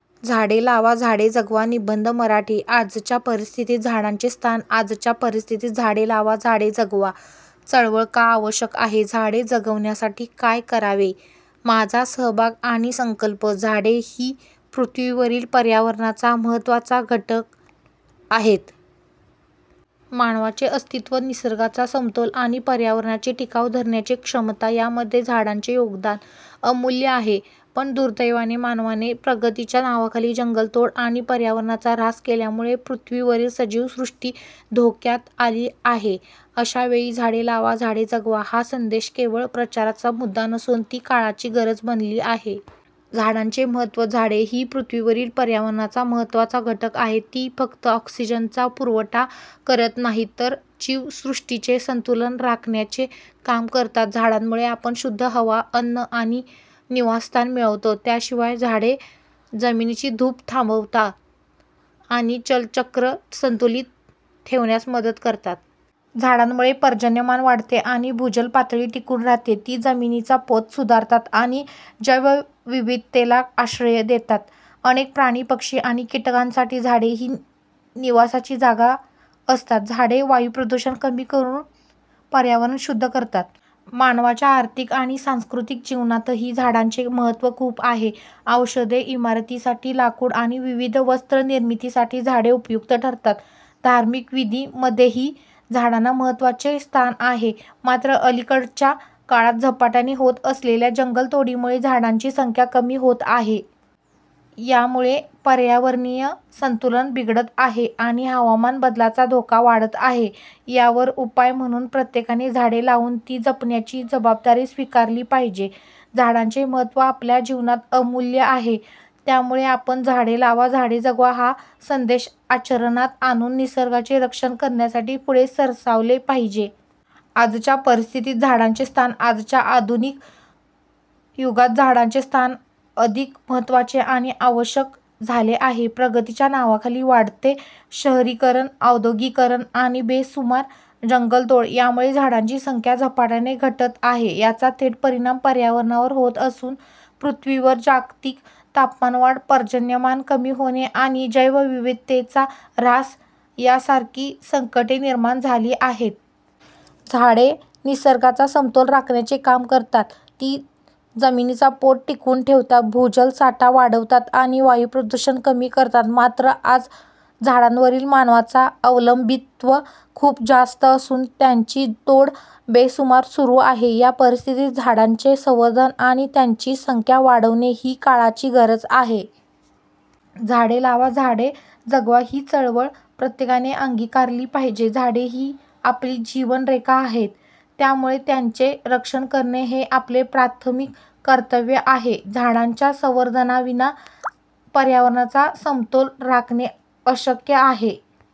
झाडे लावा, झाडे जगवा निबंध मराठी, आजच्या परिस्थितीत झाडांचे स्थान, आजच्या परिस्थितीत झाडे लावा, झाडे जगवा चळवळ का आवश्यक आहे? झाडे जगवण्यासाठी काय करावे? माझा सहभाग आणि संकल्प. झाडे ही पृथ्वीवरील पर्यावरणाचा महत्त्वाचा घटक आहेत. मानवाचे अस्तित्व, निसर्गाचा समतोल आणि पर्यावरणाची टिकाव धरण्याची क्षमता यामध्ये झाडांचे योगदान अमूल्य आहे. पण दुर्दैवाने, मानवाने प्रगतीच्या नावाखाली जंगलतोड आणि पर्यावरणाचा ऱ्हास केल्यामुळे पृथ्वीवरील सजीव सृष्टी धोक्यात आली आहे. अशा वेळी झाडे लावा, झाडे जगवा हा संदेश केवळ प्रचाराचा मुद्दा नसून, ती काळाची गरज बनली आहे. झाडांचे महत्त्व. झाडे ही पृथ्वीवरील पर्यावरणाचा महत्त्वाचा घटक आहेत. ती फक्त ऑक्सिजनचा पुरवठा करत नाहीत, तर जीवसृष्टीचे संतुलन राखण्याचे काम करतात. झाडांमुळे आपण शुद्ध हवा, अन्न आणि निवासस्थान मिळवतो. त्याशिवाय झाडे जमिनीची धूप थांबवतात आणि जलचक्र संतुलित ठेवण्यास मदत करतात. झाडांमुळे पर्जन्यमान वाढते आणि भूजल पातळी टिकून राहते. ती जमिनीचा पोत सुधारतात आणि जैवविविधतेला आश्रय देतात. अनेक प्राणी, पक्षी आणि कीटकांसाठी झाडे ही निवासाची जागा असतात. झाडे वायुप्रदूषण कमी करून पर्यावरण शुद्ध करतात. मानवाच्या आर्थिक आणि सांस्कृतिक जीवनातही झाडांचे महत्त्व खूप आहे. औषधे, इमारतीसाठी लाकूड आणि विविध वस्त्रनिर्मितीसाठी झाडे उपयुक्त ठरतात. धार्मिक विधींमध्येही झाडांना महत्त्वाचे स्थान आहे. मात्र, अलीकडच्या काळात झपाट्याने होत असलेल्या जंगलतोडीमुळे झाडांची संख्या कमी होत आहे. यामुळे पर्यावरणीय संतुलन बिघडत आहे आणि हवामान बदलाचा धोका वाढत आहे. यावर उपाय म्हणून प्रत्येकाने झाडे लावून ती जपण्याची जबाबदारी स्वीकारली पाहिजे. झाडांचे महत्त्व आपल्या जीवनात अमूल्य आहे. त्यामुळे आपण झाडे लावा, झाडे जगवा हा संदेश आचरणात आणून निसर्गाचे रक्षण करण्यासाठी पुढे सरसावले पाहिजे. आजच्या परिस्थितीत झाडांचे स्थान. आजच्या आधुनिक युगात झाडांचे स्थान अधिक महत्त्वाचे आणि आवश्यक झाले आहे. प्रगतीच्या नावाखाली वाढते शहरीकरण, औद्योगिकीकरण आणि बेसुमार जंगलतोड यामुळे झाडांची संख्या झपाट्याने घटत आहे. याचा थेट परिणाम पर्यावरणावर होत असून, पृथ्वीवर जागतिक तापमानवाढ, पर्जन्यमान कमी होणे आणि जैवविविधतेचा ऱ्हास यासारखी संकटे निर्माण झाली आहेत. झाडे निसर्गाचा समतोल राखण्याचे काम करतात. ती जमिनीचा पोत टिकवून ठेवतात, भूजल साठा वाढवतात आणि वायुप्रदूषण कमी करतात. मात्र, आज झाडांवरील मानवाचा अवलंबित्व खूप जास्त असून, त्यांची तोड बेसुमार सुरू आहे. या परिस्थितीत झाडांचे संवर्धन आणि त्यांची संख्या वाढवणे ही काळाची गरज आहे. झाडे लावा, झाडे जगवा ही चळवळ प्रत्येकाने अंगीकारली पाहिजे. झाडे ही आपली जीवनरेखा आहेत, त्यामुळे त्यांचे रक्षण करणे हे आपले प्राथमिक कर्तव्य आहे. झाडांच्या संवर्धनाविना पर्यावरणाचा समतोल राखणे अशक्य आहे.